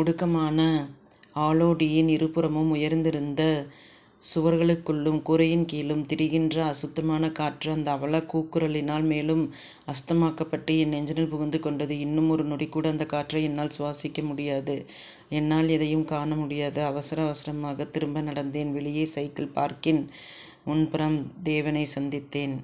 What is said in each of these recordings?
ஒடுக்கமான ஆளோடியின் இருபுறமும் உயர்ந்திருந்த சுவர்களுக்குள்ளும் கூரையின்கீழும் திரிகின்ற அசுத்தமான காற்று அந்த அவலக் கூக்குரலினால் மேலும் அசுத்தமாக்கப்பட்டு என் நெஞ்சினுள் புகுந்து கொண்டது. இன்னும் ஒரு நொடிகூட அந்தக்காற்றை என்னால் சுவாசிக்க முடியாது. என்னால் எதையும் காணமுடியாது. அவசர அவசரமாகத் திரும்ப நடந்தேன். வெளியே சைக்கிள் பார்க்கின் முன்புறம் தேவனைச் சந்தித்தேன்.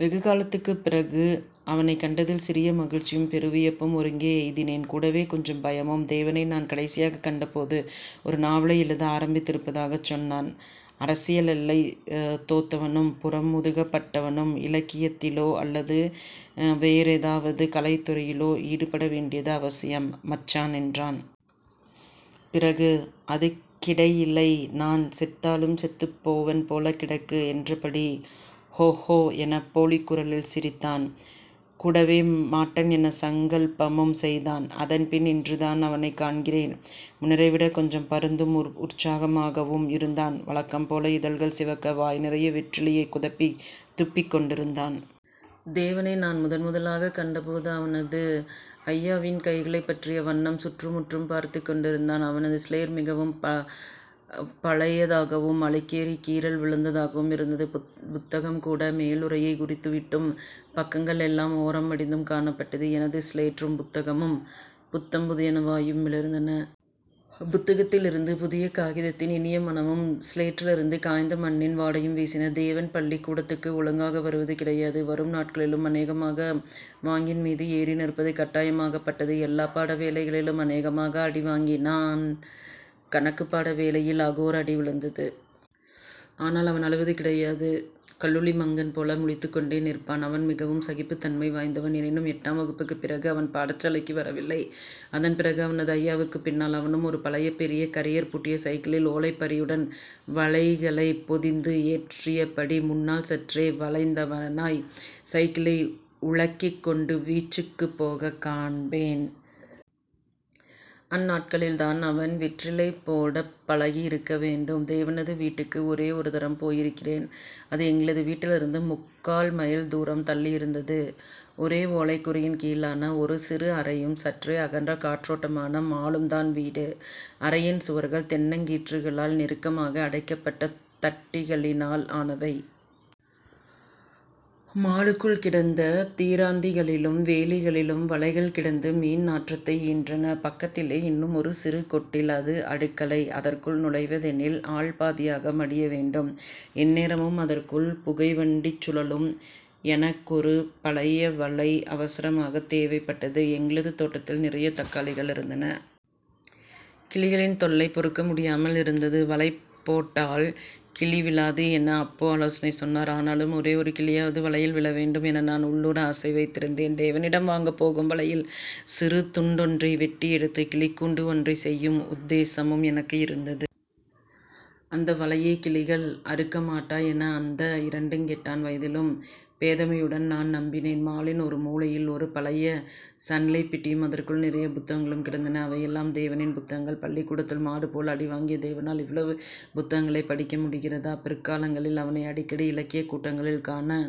வெகுகாலத்துக்குப் பிறகு அவனைக் கண்டதில் சிறிய மகிழ்ச்சியும் பெருவியப்பும் ஒருங்கே எய்தினேன். கூடவே கொஞ்சம் பயமும். தேவனை நான் கடைசியாகக் கண்ட போது ஒரு நாவலை எழுத ஆரம்பித்திருப்பதாகச் சொன்னான். அரசியல்லை தோத்தவனும் புறமொதுக்கப் பட்டவனும் இலக்கியத்திலோ அல்லது வேறேதாவது கலைத்துறையிலோ ஈடுபடவேண்டியது அவசியம்.. மச்சான் என்றான். பிறகு அதுக்கிடையிலை நான் செத்தாலும் செத்துபோவன் போல கிடக்கு என்றபடி ஹோ... ஹோ என போலிக்குரலில் சிரித்தான். கூடவே மாட்டன்.. என சங்கல்பமும் செய்தான். அதன்பின் இன்று தான் அவனைக் காண்கிறேன். முன்னரைவிட கொஞ்சம் பருந்தும் உற்சாகமாகவும் இருந்தான். வழக்கம்போல இதழ்கள் சிவக்க வாய் நிறைய வெற்றிலையைக் குதப்பித் துப்பிக்கொண்டிருந்தான். தேவனை நான் முதன் முதலாகக் கண்டபோது அவனது அய்யாவின் கைகளைப் பற்றிய வண்ணம் சுற்றுமுற்றும் பார்த்துக் கொண்டிருந்தான். அவனது சிலேற் மிகவும் பழையதாகவும் அழுக்கேறிக் கீறல் விழுந்ததாகவும் இருந்தது. புத்தகம்கூட மேலுறையை உரித்து விட்டும் பக்கங்கள் எல்லாம் ஓரம்மடிந்தும் காணப்பட்டது. எனது சிலேற்றும் புத்தகமும் புத்தம் புதியனவாயும் மிளிர்ந்தன. புத்தகத்திலிருந்து புதிய காகிதத்தின் இனிய மணமும் சிலேற்றிலிருந்து காய்ந்த மண்ணின் வாடையும் வீசின. தேவன் பள்ளிக் கூடத்துக்கு ஒழுங்காக வருவது கிடையாது வரும் நாட்களிலும் அனேகமாக வாங்கின் மீது ஏறி நிற்பது கட்டாயமாகப் பட்டது. எல்லாப் பாட வேலைகளிலும் அநேகமாக அடி வாங்கினான். கணக்குப்பாட வேளைகளில் அகோர அடி விழுந்தது. ஆனால் அவன் அழுவது கிடையாது. கல்லுளி மங்கன் போல முழித்துக் கொண்டே நிற்பான். அவன் மிகவும் சகிப்புத் தன்மை வாய்ந்தவன். எனினும், எட்டாம் வகுப்புக்குப் பிறகு அவன் பாடசாலைக்கு வரவில்லை. அதன் பின் அவனது அய்யாவுக்குப் பின்னால் அவனும் ஒரு பழைய பெரிய கரியர் பூட்டிய சைக்கிளில் ஓலைப்பறியுடன் வலைகளைப் பொதிந்து ஏற்றியபடி முன்னால் சற்றே வளைந்தவனாய் சைக்கிளை உழக்கிக் கொண்டு வீச்சுக்குப் போகக் காண்பேன். அந்நாட்களில் தான் அவன் வெற்றிலை போடப பழகியிருக்க வேண்டும். தேவனது வீட்டுக்கு ஒரே ஒருதரம் போயிருக்கிறேன். அது எங்களது வீட்டிலிருந்து முக்கால் மைல் தூரம் தள்ளியிருந்தது. ஒரே ஓலைக் கூரையின் கீழான ஒரு சிறு அறையும் சற்றே அகன்ற காற்றோட்டமான மாலும் தான் வீடு. அறையின் சுவர்கள் தென்னங்கீற்றுகளால் நெருக்கமாக அடைக்கப்பட்ட தட்டிகளினால் ஆனவை. மாலுக்குள் கிடந்த தீராந்திகளிலும் வேலிகளிலும் வலைகள் கிடந்து மீன் நாற்றத்தை ஈன்றன. பக்கத்திலே இன்னுமொரு சிறு கொட்டில். அது அடுக்களை. அதற்குள் நுழைவதெனில் ஆள்பாதியாக மடியவேண்டும். எந்நேரமும் அதற்குள் புகை வண்டிச் சுழலும். எனக்கொரு பழையவலை அவசரமாகத் தேவைப்பட்டது. எங்களது தோட்டத்தில் நிறைய தக்காளிகள் இருந்தன. கிளிகளின் தொல்லை பொறுக்க முடியாமல் இருந்தது. வலைபோட்டால் கிளிவிழாது என அப்பு ஆலோசனை சொன்னார். ஆனாலும் ஒரே ஒரு கிளியாவது வலையில் விழவேண்டும் என நான் உள்ளூர ஆசை வைத்திருந்தேன். தேவனிடம் வாங்கப் போகும் வலையில் சிறு துண்டொன்றை வெட்டியெடுத்து 'கிளிக்கூண்டு ஒன்றை செய்யும் உத்தேசமும் எனக்கு இருந்தது. அந்த வலையை கிளிகள் அறுக்க மாட்டா என அந்த இரண்டுங்கெட்டான் வயதிலும் பேதமையுடன் நான் நம்பினேன். மாலின் ஒரு மூலையில் ஒரு பழைய சன்லைட் பெட்டியும் அதற்குள் நிறையப் புத்தகங்களும் கிடந்தன. அவை எல்லாம் தேவனின் புத்தகங்கள் பள்ளிக்கூடத்தில் மாடுபோல் அடிவாங்கிய தேவனால் இவ்வளவு புத்தகங்களைப் படிக்க முடிகிறதா? பிற்காலங்களில் அவனை அடிக்கடி இலக்கியக் கூட்டங்களில் காண